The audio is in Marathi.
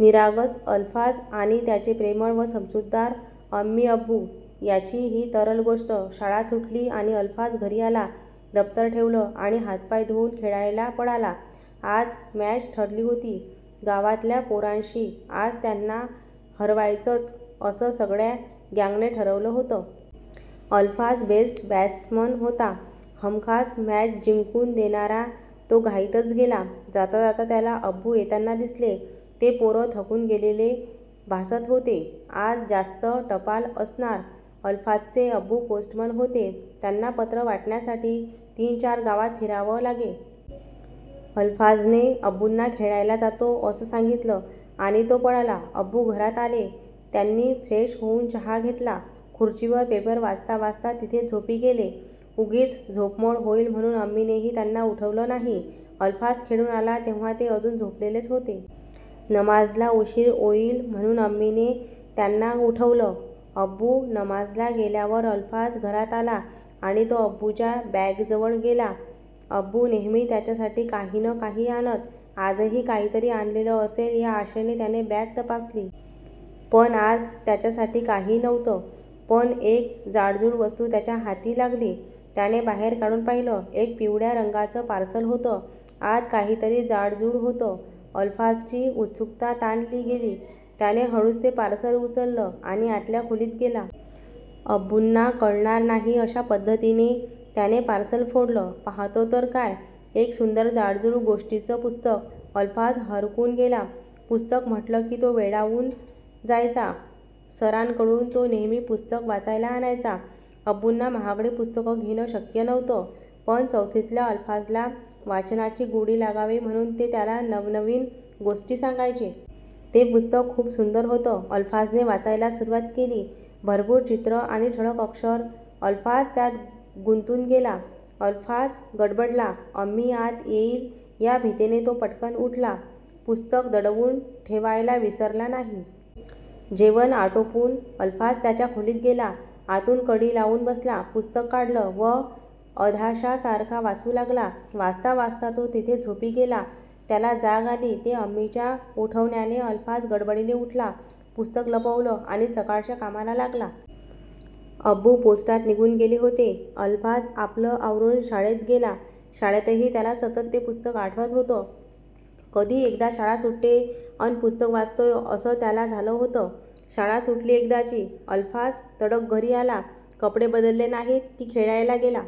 निरागस अलफाज आणि त्याचे प्रेमळ व समजूतदार अम्मी-अब्बू यांची ही तरल गोष्ट- शाळा सुटली आणि अलफाज घरी आला. दप्तर ठेवलं आणि हात पाय धुऊन खेळायला पळाला. आज मॅच ठरली होती गावातल्या पोरांशी... आज त्यांना हरवायचंच, असं सगळ्या गॅंगने ठरवलं होतं. अलफाज बेस्ट बॅटसमन होता... हमखास मॅच जिंकून देणारा. तो घाईतच गेला. जाता जाता त्याला अब्बू येताना दिसले. ते पार थकून गेलेले भासत होते. आज जास्त टपाल असणार. अलफाजचे अब्बू पोस्टमन होते. त्यांना पत्र वाटण्यासाठी तीन-चार गावात फिरावं लागे. अलफाजने अब्बुना 'खेळायला जातो' असं सांगितलं आणि तो पळाला. अब्बू घरात आले. त्यांनी फ्रेश होऊन चहा घेतला. खुर्चीवर पेपर वाचता वाचता तिथेच झोपी गेले. उगीच झोपमोड होईल म्हणून अम्मीनेही त्यांना उठवलं नाही. अलफाज खेळून आला, तेव्हा ते अजून झोपलेलेच होते. नमाजला उशीर ओईल म्हणून अम्मीने त्यांना उठवलं. अब्बू नमाजला गेल्यावर अलफाज घरात आला आणि तो अब्बुंच्या बॅगेजवळ गेला. अब्बू नेहमी त्याच्यासाठी काही न काही आणत. आजही काहीतरी आणलेलं असेल या आशेने त्याने बॅग तपासली. पण आज त्याच्यासाठी काही नव्हतं. पण एक जाडजूड वस्तू त्याच्या हाती लागली. त्याने बाहेर काढून पाहिलं. एक पिवळ्या रंगाचं पार्सल होतं. आत काहीतरी जाडजूड होतं. अलफाजची उत्सुकता ताणली गेली. त्याने हळूच ते पार्सल उचललं आणि आतल्या खोलीत गेला. अब्बूंना कळणार नाही अशा पद्धतीने त्याने पार्सल फोडलं. पाहतो तर काय, एक सुंदर जाडजूड गोष्टींचं पुस्तक! अलफाज हरकून गेला. पुस्तक म्हटलं की तो वेडावून जायचा. सरांकडून तो नेहमी पुस्तकं वाचायला आणायचा. अब्बुंना महागडी पुस्तकं घेणं शक्य नव्हतं, पण चौथीतल्या अलफाजला वाचनाची गोडी लागावी, म्हणून ते त्याला नवनवीन गोष्टी सांगायचे. ते पुस्तक खूप सुंदर होतं. अलफाजने वाचायला सुरवात केली. भरपूर चित्रं आणि ठळक अक्षर! अलफाज त्यात गुंतून गेला. अलफाज गडबडला. अम्मी आत येईल या भीतीने तो पटकन उठला. पुस्तक दडवून ठेवायला विसरला नाही. जेवण आटोपून अलफाज त्याच्या खोलीत गेला. आतून कडी लावून बसला. पुस्तक काढलं व अधाश्यासारखा वाचू लागला. वाचता वाचता तो तिथेच झोपी गेला. त्याला जाग आली ते अम्मीच्या उठवन्याने. अलफाज गडबडीने उठला. पुस्तक लपवलं आणि सकाळच्या कामाला लागला. अब्बू पोस्टात निघून गेले होते. अलफाज आपलं आवरून शाळेत गेला. शाळेतही त्याला सतत ते पुस्तक आठवत होतं. कधी एकदा शाळा सुटतेय, अन पुस्तक वाचतोय, असं त्याला झालं होतं. शाळा सुटली एकदाची. अलफाज तडक घरी आला. कपडे बदलले नाहीत की खेळायला गेला